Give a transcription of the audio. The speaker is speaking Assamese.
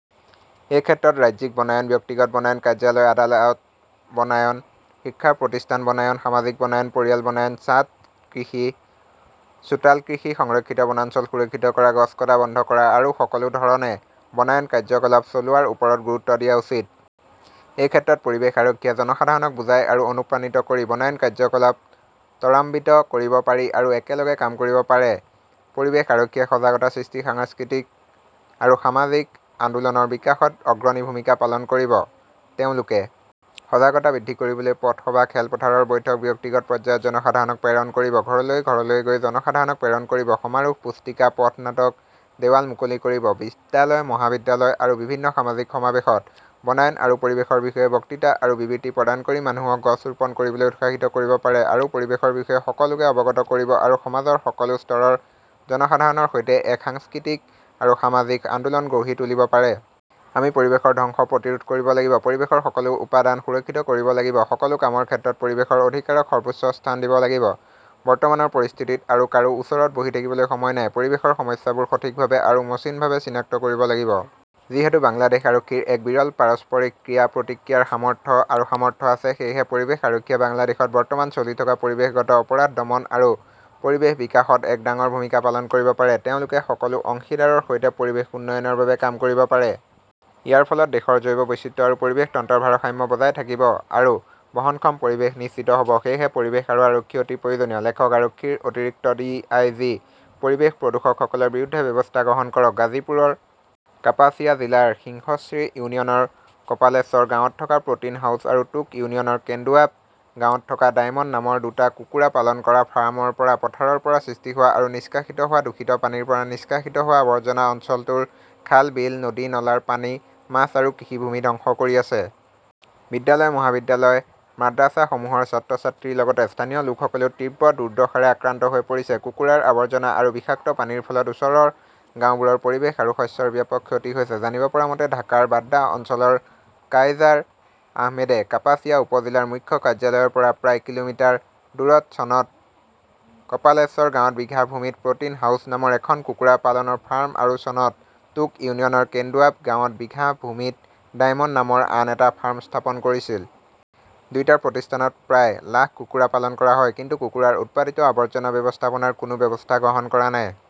এই ক্ষেত্ৰত ৰাজ্যিক বনায়ন, ব্যক্তিগত বনায়ন, কাৰ্যালয়-আদালত বনায়ন, শিক্ষা প্ৰতিষ্ঠানত বনায়ন, সামাজিক বনায়ন, পৰিয়াল বনায়ন, ছাদ কৃষি, চোতাল কৃষি, সংৰক্ষিত বনাঞ্চল সুৰক্ষিত কৰা, গছ কটা বন্ধ কৰা আৰু সকলো ধৰণে বনায়ন কাৰ্যকলাপ চলোৱাৰ ওপৰত গুৰুত্ব দিয়া উচিত। এই ক্ষেত্ৰত পৰিৱেশ আৰক্ষীয়ে জনসাধাৰণক বুজাই আৰু অনুপ্ৰাণিত কৰি বনায়ন কাৰ্যকলাপ ত্বৰান্বিত কৰিব পাৰে আৰু একেলগে কাম কৰিব পাৰে। পৰিৱেশ আৰক্ষীয়ে সজাগতা সৃষ্টি, সাংস্কৃতিক আৰু সামাজিক আন্দোলনৰ বিকাশত অগ্ৰণী ভূমিকা পালন কৰিব। তেওঁলোকে সজাগতা বৃদ্ধি কৰিবলৈ পথসভা, খেলপথাৰৰ বৈঠক, ব্যক্তিগত পৰ্যায়ত জনসাধাৰণক প্ৰেৰণ কৰিব, ঘৰলৈ ঘৰলৈ গৈ জনসাধাৰণক প্ৰেৰণ কৰিব, সমাৰোহ, পুস্তিকা, পথ নাটক, দেৱাল মুকলি কৰিব, বিদ্যালয়-মহাবিদ্যালয় আৰু বিভিন্ন সামাজিক সমাৱেশত বনায়ন আৰু পৰিৱেশৰ বিষয়ে বক্তৃতা আৰু বিবৃতি প্ৰদান কৰি মানুহক গছ ৰোপণ কৰিবলৈ উৎসাহিত কৰিব পাৰে আৰু পৰিৱেশৰ বিষয়ে সকলোকে অৱগত কৰিব আৰু সমাজৰ সকলো স্তৰৰ জনসাধাৰণৰ সৈতে এক সাংস্কৃতিক আৰু সামাজিক আন্দোলন গঢ়ি তুলিব পাৰে। আমি পৰিৱেশৰ ধ্বংস প্ৰতিৰোধ কৰিব লাগিব, পৰিৱেশৰ সকলো উপাদান সুৰক্ষিত কৰিব লাগিব, সকলো কামৰ ক্ষেত্ৰত পৰিৱেশৰ অধিকাৰক সৰ্বোচ্চ স্থান দিব লাগিব। বৰ্তমানৰ পৰিস্থিতিত আৰু কাৰো ওচৰত বহি থাকিবলৈ সময় নাই। পৰিৱেশৰ সমস্যাবোৰ সঠিকভাৱে আৰু মসৃণভাৱে চিনাক্ত কৰিব লাগিব। যিহেতু বাংলাদেশ আৰক্ষীৰ এক বিৰল পাৰস্পৰিক ক্ৰিয়া-প্ৰতিক্ৰিয়াৰ সামৰ্থ্য আৰু সামৰ্থ্য আছে, সেয়েহে পৰিৱেশ আৰক্ষীয়ে বাংলাদেশত বৰ্তমান চলি থকা পৰিৱেশগত অপৰাধ দমন আৰু পৰিৱেশ বিকাশত এক ডাঙৰ ভূমিকা পালন কৰিব পাৰে। তেওঁলোকে সকলো অংশীদাৰৰ সৈতে পৰিৱেশ উন্নয়নৰ বাবে কাম কৰিব পাৰে। ইয়াৰ ফলত দেশৰ জৈৱ বৈচিত্ৰ্য আৰু পৰিৱেশ তন্ত্ৰৰ ভাৰসাম্য বজাই থাকিব আৰু বহনক্ষম পৰিৱেশ নিশ্চিত হ'ব। সেয়েহে পৰিৱেশ আৰক্ষী অতি প্ৰয়োজনীয়। লেখকঃ আৰক্ষীৰ অতিৰিক্ত ডিআইজি। পৰিৱেশ প্ৰদূষকসকলৰ বিৰুদ্ধে ব্যৱস্থা গ্ৰহণ কৰক গাজীপুৰৰ কাপাসিয়া জিলাৰ সিংহশ্ৰী ইউনিয়নৰ কপালেশ্বৰ গাঁৱত থকা প্ৰ 'টিন হাউচ আৰু টোক ইউনিয়নৰ কেন্দুৱাব গাঁৱত থকা ডায়মণ্ড নামৰ দুটা কুকুৰা পালন কৰা ফাৰ্ম ৰ পৰা, পথাৰৰ পৰা সৃষ্টি হোৱা আৰু নিষ্কাশিত হোৱা দূষিত পানীৰ পৰা নিষ্কাশিত হোৱা আৱৰ্জনা অঞ্চলটোৰ খাল-বিল, নদী-নলাৰ পানী, মাছ আৰু কৃষিভূমি ধ্বংস কৰি আছে। বিদ্যালয় মহাবিদ্যালয়ৰ মাদ্ৰাছাসমূহৰ ছাত্ৰ-ছাত্ৰীৰ লগতে স্থানীয় লোকসকলেও তীব্ৰ দুৰ্দশাৰে আক্ৰান্ত হৈ পৰিছে। কুকুৰাৰ আৱৰ্জনা আৰু বিষাক্ত পানীৰ ফলত ওচৰৰ গাওঁবোৰৰ পৰিৱেশ আৰু শস্যৰ ব্যাপক ক্ষতি হৈছে। জানিব পৰা মতে, ঢাকাৰ বাড্ডা অঞ্চলৰ কাইজাৰ আহমেদে কাপাসিয়া উপ-জিলাৰ মুখ্য কাৰ্যালয়ৰ পৰা প্ৰায় কিলোমিটাৰ দূৰত চনত কপালেশ্বৰ গাঁৱত বিঘা ভূমিত প্ৰ 'টিন হাউচ নামৰ এখন কুকুৰা পালনৰ ফাৰ্ম আৰু চনত টোক ইউনিয়নৰ কেন্দুৱাব গাঁৱত বিঘা ভূমিত ডায়মণ্ড নামৰ আন এটা ফাৰ্ম স্থাপন কৰিছিল। দুয়োটা প্ৰতিষ্ঠানত প্ৰায় লাখ কুকুৰা পালন কৰা হয়, কিন্তু কুকুৰাৰ উৎপাদিত আৱৰ্জনা ব্যৱস্থাপনাৰ কোনো ব্যৱস্থা গ্ৰহণ কৰা নাই।